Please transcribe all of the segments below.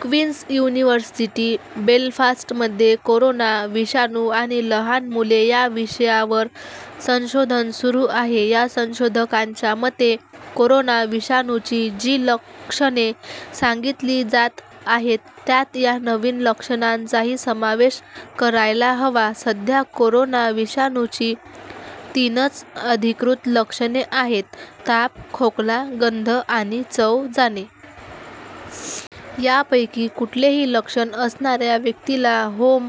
Quince university बेलफास्टमध्ये corona विषाणू आणि लहान मुले या विषयावर संशोधन सुरू आहे. या संशोधकांच्या मते कोरोना विषाणूची जी लक्षणे सांगितली जात आहेत त्यात या नवीन लक्षणांचाही समावेश करायला हवा. सध्या कोरोना विषाणूची तीनच अधिकृत लक्षणे आहेत - ताप, खोकला, गंध आणि चव जाणे. यापैकी कुठलेही लक्षण असणाऱ्या व्यक्तीला होम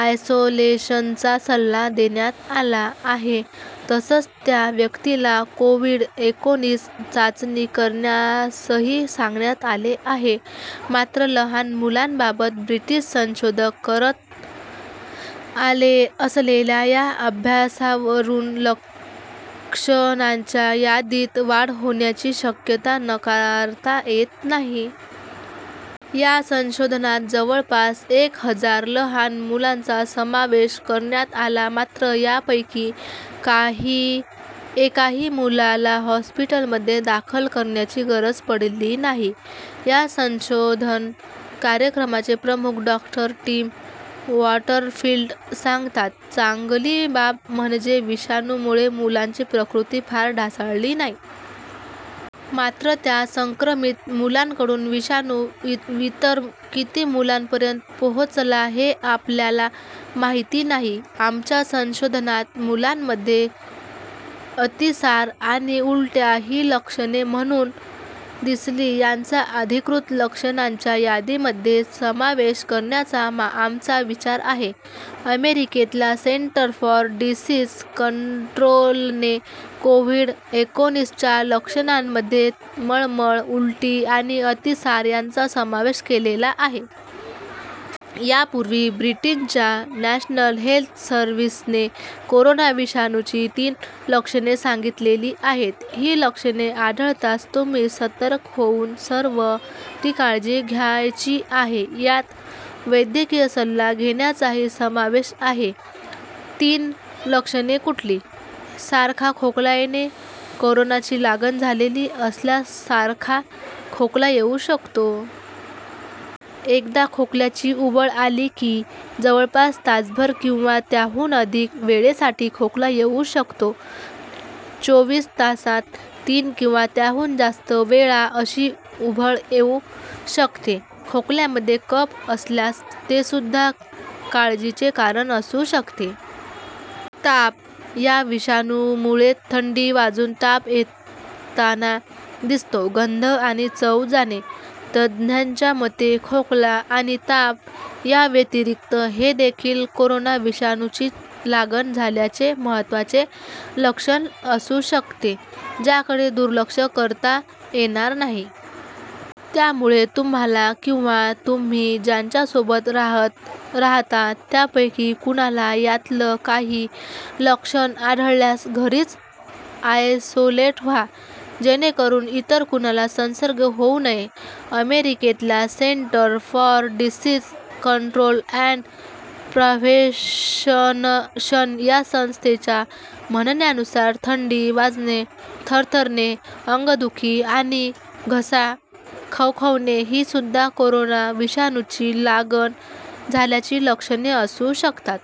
आयसोलेशनचा सल्ला देण्यात आला आहे. तसंच त्या व्यक्तीला कोव्हिड-एकोणीस चाचणी करण्यासही सांगण्यात आले आहे. मात्र, लहान मुलांबाबत ब्रिटिश संशोधक करत असलेल्या या अभ्यासावरून लक्षणांच्या यादीत वाढ होण्याची शक्यता नाकारता येत नाही. या संशोधनात जवळपास एक हजार लहान मुलांचा समावेश करण्यात आला. मात्र, यापैकी एकाही मुलाला हॉस्पिटलमध्ये दाखल करण्याची गरज पडली नाही. या संशोधन कार्यक्रमाचे प्रमुख डॉ. टॉम वॉटरफिल्ड सांगतात, "चांगली बाब म्हणजे विषाणूमुळे मुलांची प्रकृती फार ढासळली नाही. मात्र, त्या संक्रमित मुलांकडून विषाणू इतर किती मुलांपर्यंत पोहोचला, हे आपल्याला माहिती नाही. आमच्या संशोधनात मुलांमध्ये अतिसार आणि उलट्या ही लक्षणे म्हणून दिसली. यांचा अधिकृत लक्षणांच्या यादीमध्ये समावेश करण्याचा आमचा विचार आहे." अमेरिकेतल्या सेंटर फॉर डिसीज कंट्रोलने कोव्हिड-एकोणीसच्या लक्षणांमध्ये मळमळ, उलटी आणि अतिसार यांचा समावेश केलेला आहे. यापूर्वी ब्रिटनच्या नॅशनल हेल्थ सर्विसने कोरोना विषाणूची तीन लक्षणे सांगितलेली आहेत. ही लक्षणे आढळताच तुम्ही सतर्क होऊन सर्व ती काळजी घ्यायची आहे. यात वैद्यकीय सल्ला घेण्याचाही समावेश आहे. तीन लक्षणे कुठली? सारखा खोकला येणे - कोरोनाची लागण झालेली असल्यास सारखा खोकला येऊ शकतो. एकदा खोकल्याची उबळ आली की, जवळपास तासभर किंवा त्याहून अधिक वेळेसाठी खोकला येऊ शकतो. चोवीस तासांत तीन किंवा त्याहून जास्त वेळा अशी उबळ येऊ शकते. खोकल्यामध्ये कफ असल्यास तेसुद्धा काळजीचे कारण असू शकते. ताप - या विषाणूमुळे थंडी वाजून ताप येताना दिसतो. गंध आणि चव जाणे - तज्ज्ञांच्या मते खोकला आणि ताप याव्यतिरिक्त हेदेखील कोरोना विषाणूची लागण झाल्याचे महत्त्वाचे लक्षण असू शकते, ज्याकडे दुर्लक्ष करता येणार नाही. त्यामुळे तुम्हाला किंवा तुम्ही ज्यांच्यासोबत राहता त्यापैकी कुणाला यातलं एकही लक्षण आढळल्यास घरीच आयसोलेट व्हा, जेणेकरून इतर कुणाला संसर्ग होऊ नये. अमेरिकेतल्या centre for disease control and prevention या संस्थेच्या म्हणण्यानुसार थंडी वाजणे, थरथरणे, अंगदुखी आणि घसा खवखवणे हीसुद्धा कोरोना विषाणूची लागण झाल्याची लक्षणे असू शकतात.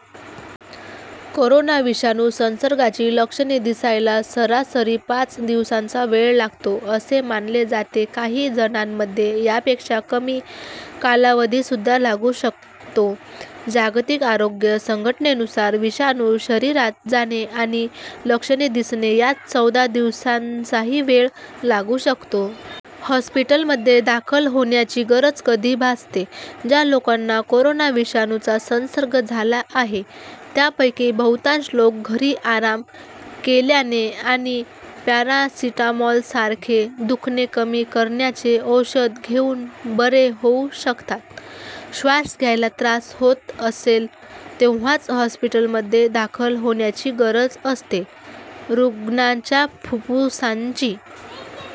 कोरोना विषाणू संसर्गाची लक्षणे दिसायला सरासरी पाच दिवसांचा वेळ लागतो, असे मानले जाते. काही जणांमध्ये यापेक्षा कमी कालावधीसुद्धा लागू शकतो. जागतिक आरोग्य संघटनेनुसार विषाणू शरीरात जाणे आणि लक्षणे दिसणे, यात चौदा दिवसांचाही वेळ लागू शकतो. हॉस्पिटलमध्ये दाखल होण्याची गरज कधी भासते? ज्या लोकांना कोरोना विषाणूचा संसर्ग झाला आहे त्यापैकी बहुतांश लोक घरी आराम केल्याने आणि पॅरासिटॅमॉलसारखे दुखणे कमी करण्याचे औषध घेऊन बरे होऊ शकतात. श्वास घ्यायला त्रास होत असेल तेव्हाच हॉस्पिटलमध्ये दाखल होण्याची गरज असते. रुग्णाच्या फुफ्फुसांची